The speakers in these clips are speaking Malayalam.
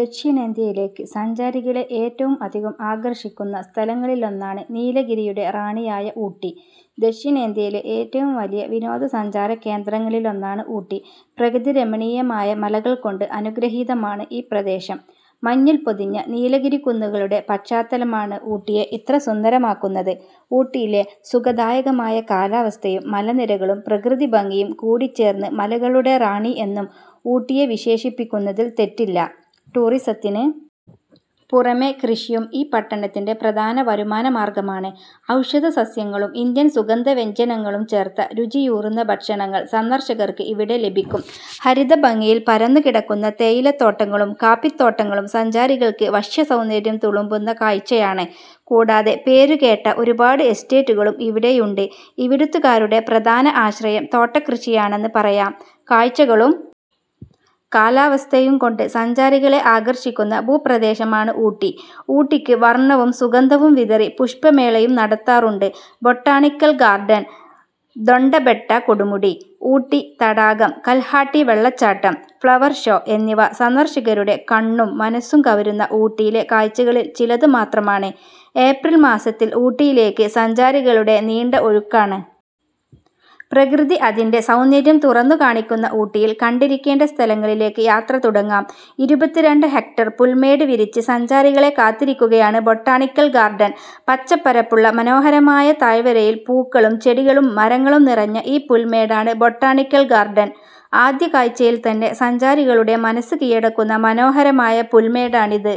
ദക്ഷിണേന്ത്യയിലേക്ക് സഞ്ചാരികളെ ഏറ്റവും അധികം ആകർഷിക്കുന്ന സ്ഥലങ്ങളിലൊന്നാണ് നീലഗിരിയുടെ റാണിയായ ഊട്ടി. ദക്ഷിണേന്ത്യയിലെ ഏറ്റവും വലിയ വിനോദസഞ്ചാരകേന്ദ്രങ്ങളിലൊന്നാണ് ഊട്ടി. പ്രകൃതിരമണീയമായ മലകൾ കൊണ്ട് അനുഗ്രഹീതമാണ് ഈ പ്രദേശം. മഞ്ഞിൽ പൊതിഞ്ഞ നീലഗിരിക്കുന്നുകളുടെ പശ്ചാത്തലമാണ് ഊട്ടിയെ ഇത്ര സുന്ദരമാക്കുന്നത്. ഊട്ടിയിലെ സുഖദായകമായ കാലാവസ്ഥയും മലനിരകളും പ്രകൃതിഭംഗിയും കൂടിച്ചേർന്ന് മലകളുടെ റാണി എന്നും ഊട്ടിയെ വിശേഷിപ്പിക്കുന്നതിൽ തെറ്റില്ല. ടൂറിസത്തിന് പുറമെ കൃഷിയും ഈ പട്ടണത്തിൻറെ പ്രധാന വരുമാനമാർഗമാണ്. ഔഷധസസ്യങ്ങളും ഇന്ത്യൻ സുഗന്ധവ്യഞ്ജനങ്ങളും ചേർത്ത രുചിയൂറുന്ന ഭക്ഷണങ്ങൾ സന്ദർശകർക്ക് ഇവിടെ ലഭിക്കും. ഹരിതഭംഗിയിൽ പരന്നുകിടക്കുന്ന തേയിലത്തോട്ടങ്ങളും കാപ്പിത്തോട്ടങ്ങളും സഞ്ചാരികൾക്ക് വശ്യസൗന്ദര്യം തുളുമ്പുന്ന കാഴ്ചയാണ്. കൂടാതെ പേരുകേട്ട ഒരുപാട് എസ്റ്റേറ്റുകളും ഇവിടെയുണ്ട്. ഇവിടുത്തുകാരുടെ പ്രധാന ആശ്രയം തോട്ടകൃഷിയാണെന്ന് പറയാം. കാഴ്ചകളും കാലാവസ്ഥയും കൊണ്ട് സഞ്ചാരികളെ ആകർഷിക്കുന്ന ഭൂപ്രദേശമാണ് ഊട്ടി. ഊട്ടിക്ക് വർണവും സുഗന്ധവും വിതറി പുഷ്പമേളയും നടത്താറുണ്ട്. ബൊട്ടാണിക്കൽ ഗാർഡൻ, ദൊഡ്ഡബെട്ട കൊടുമുടി, ഊട്ടി തടാകം, കൽഹാട്ടി വെള്ളച്ചാട്ടം, ഫ്ലവർ ഷോ എന്നിവ സന്ദർശകരുടെ കണ്ണും മനസ്സും കവരുന്ന ഊട്ടിയിലെ കാഴ്ചകളിൽ ചിലത് മാത്രമാണ്. ഏപ്രിൽ മാസത്തിൽ ഊട്ടിയിലേക്ക് സഞ്ചാരികളുടെ നീണ്ട ഒഴുക്കാണ്. പ്രകൃതി അതിൻറെ സൗന്ദര്യം തുറന്നുകാണിക്കുന്ന ഊട്ടിയിൽ കണ്ടിരിക്കേണ്ട സ്ഥലങ്ങളിലേക്ക് യാത്ര തുടങ്ങാം. ഇരുപത്തിരണ്ട് ഹെക്ടർ പുൽമേട് വിരിച്ച് സഞ്ചാരികളെ കാത്തിരിക്കുകയാണ് ബൊട്ടാണിക്കൽ ഗാർഡൻ. പച്ചപ്പരപ്പുള്ള മനോഹരമായ താഴ്വരയിൽ പൂക്കളും ചെടികളും മരങ്ങളും നിറഞ്ഞ ഈ പുൽമേടാണ് ബൊട്ടാണിക്കൽ ഗാർഡൻ. ആദ്യ കാഴ്ചയിൽ തന്നെ സഞ്ചാരികളുടെ മനസ്സ് കീഴടക്കുന്ന മനോഹരമായ പുൽമേടാണിത്.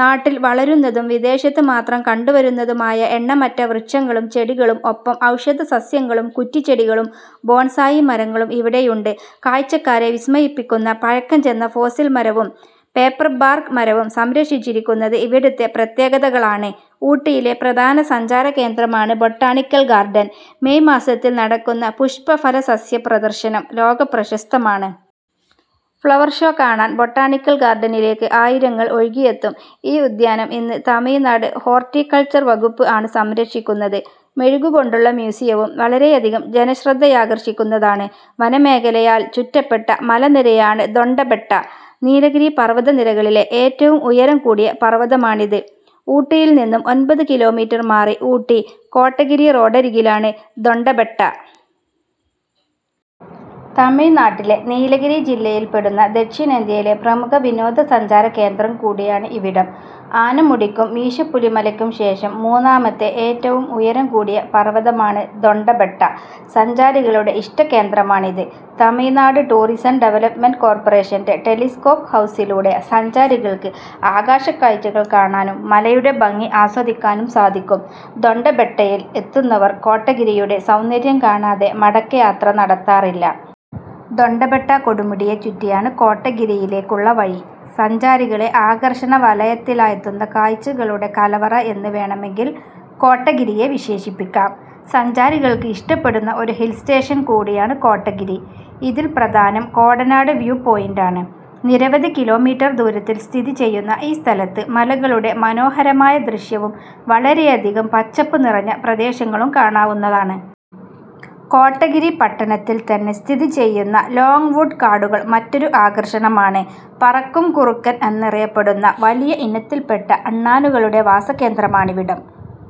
നാട്ടിൽ വളരുന്നതും വിദേശത്ത് മാത്രം കണ്ടുവരുന്നതുമായ എണ്ണമറ്റ വൃക്ഷങ്ങളും ചെടികളും ഒപ്പം ഔഷധസസ്യങ്ങളും കുറ്റിച്ചെടികളും ബോൺസായി മരങ്ങളും ഇവിടെയുണ്ട്. കാഴ്ചക്കാരെ വിസ്മയിപ്പിക്കുന്ന പഴക്കംചെന്ന ഫോസിൽ മരവും പേപ്പർ ബാർക്ക് മരവും സംരക്ഷിച്ചിരിക്കുന്നത് ഇവിടത്തെ പ്രത്യേകതകളാണ്. ഊട്ടിയിലെ പ്രധാന സഞ്ചാരകേന്ദ്രമാണ് ബൊട്ടാണിക്കൽ ഗാർഡൻ. മേയ് മാസത്തിൽ നടക്കുന്ന പുഷ്പഫല സസ്യ പ്രദർശനം ലോകപ്രശസ്തമാണ്. ഫ്ലവർ ഷോ കാണാൻ ബൊട്ടാണിക്കൽ ഗാർഡനിലേക്ക് ആയിരങ്ങൾ ഒഴുകിയെത്തും. ഈ ഉദ്യാനം ഇന്ന് തമിഴ്നാട് ഹോർട്ടികൾച്ചർ വകുപ്പ് ആണ് സംരക്ഷിക്കുന്നത്. മെഴുകുകൊണ്ടുള്ള മ്യൂസിയവും വളരെയധികം ജനശ്രദ്ധയാകർഷിക്കുന്നതാണ്. വനമേഖലയാൽ ചുറ്റപ്പെട്ട മലനിരയാണ് ദൊഡ്ഡബെട്ട. നീലഗിരി പർവതനിരകളിലെ ഏറ്റവും ഉയരം കൂടിയ പർവതമാണിത്. ഊട്ടിയിൽനിന്നും ഒൻപത് കിലോമീറ്റർ മാറി ഊട്ടി കോട്ടഗിരി റോഡരികിലാണ് ദൊഡ്ഡബെട്ട. തമിഴ്നാട്ടിലെ നീലഗിരി ജില്ലയിൽപ്പെടുന്ന ദക്ഷിണേന്ത്യയിലെ പ്രമുഖ വിനോദസഞ്ചാരകേന്ദ്രം കൂടിയാണ് ഇവിടം. ആനമുടിക്കും മീശപ്പുലിമലയ്ക്കും ശേഷം മൂന്നാമത്തെ ഏറ്റവും ഉയരം കൂടിയ പർവതമാണ് ദൊഡ്ഡബെട്ട. സഞ്ചാരികളുടെ ഇഷ്ടകേന്ദ്രമാണിത്. തമിഴ്നാട് ടൂറിസം ഡെവലപ്മെന്റ് കോർപ്പറേഷൻറെ ടെലിസ്കോപ്പ് ഹൗസിലൂടെ സഞ്ചാരികൾക്ക് ആകാശക്കാഴ്ചകൾ കാണാനും മലയുടെ ഭംഗി ആസ്വദിക്കാനും സാധിക്കും. ദൊഡ്ഡബെട്ടയിൽ എത്തുന്നവർ കോട്ടഗിരിയുടെ സൗന്ദര്യം കാണാതെ മടക്കയാത്ര നടത്താറില്ല. ദൊഡ്ഡബെട്ട കൊടുമുടിയെ ചുറ്റിയാണ് കോട്ടഗിരിയിലേക്കുള്ള വഴി. സഞ്ചാരികളെ ആകർഷണവലയത്തിലാഴ്ത്തുന്ന കാഴ്ചകളുടെ കലവറ എന്ന് വേണമെങ്കിൽ കോട്ടഗിരിയെ വിശേഷിപ്പിക്കാം. സഞ്ചാരികൾക്ക് ഇഷ്ടപ്പെടുന്ന ഒരു ഹിൽസ്റ്റേഷൻ കൂടിയാണ് കോട്ടഗിരി. ഇതിൽ പ്രധാനം കോടനാട് വ്യൂ പോയിന്റാണ്. നിരവധി കിലോമീറ്റർ ദൂരത്തിൽ സ്ഥിതി ചെയ്യുന്ന ഈ സ്ഥലത്ത് മലകളുടെ മനോഹരമായ ദൃശ്യവും വളരെയധികം പച്ചപ്പും നിറഞ്ഞ പ്രദേശങ്ങളും കാണാവുന്നതാണ്. കോട്ടഗിരി പട്ടണത്തിൽ തന്നെ സ്ഥിതി ചെയ്യുന്ന ലോങ്‌വുഡ് കാടുകൾ മറ്റൊരു ആകർഷണമാണ്. പറക്കും കുറുക്കൻ എന്നറിയപ്പെടുന്ന വലിയ ഇനത്തിൽപ്പെട്ട അണ്ണാനുകളുടെ വാസകേന്ദ്രമാണിവിടം.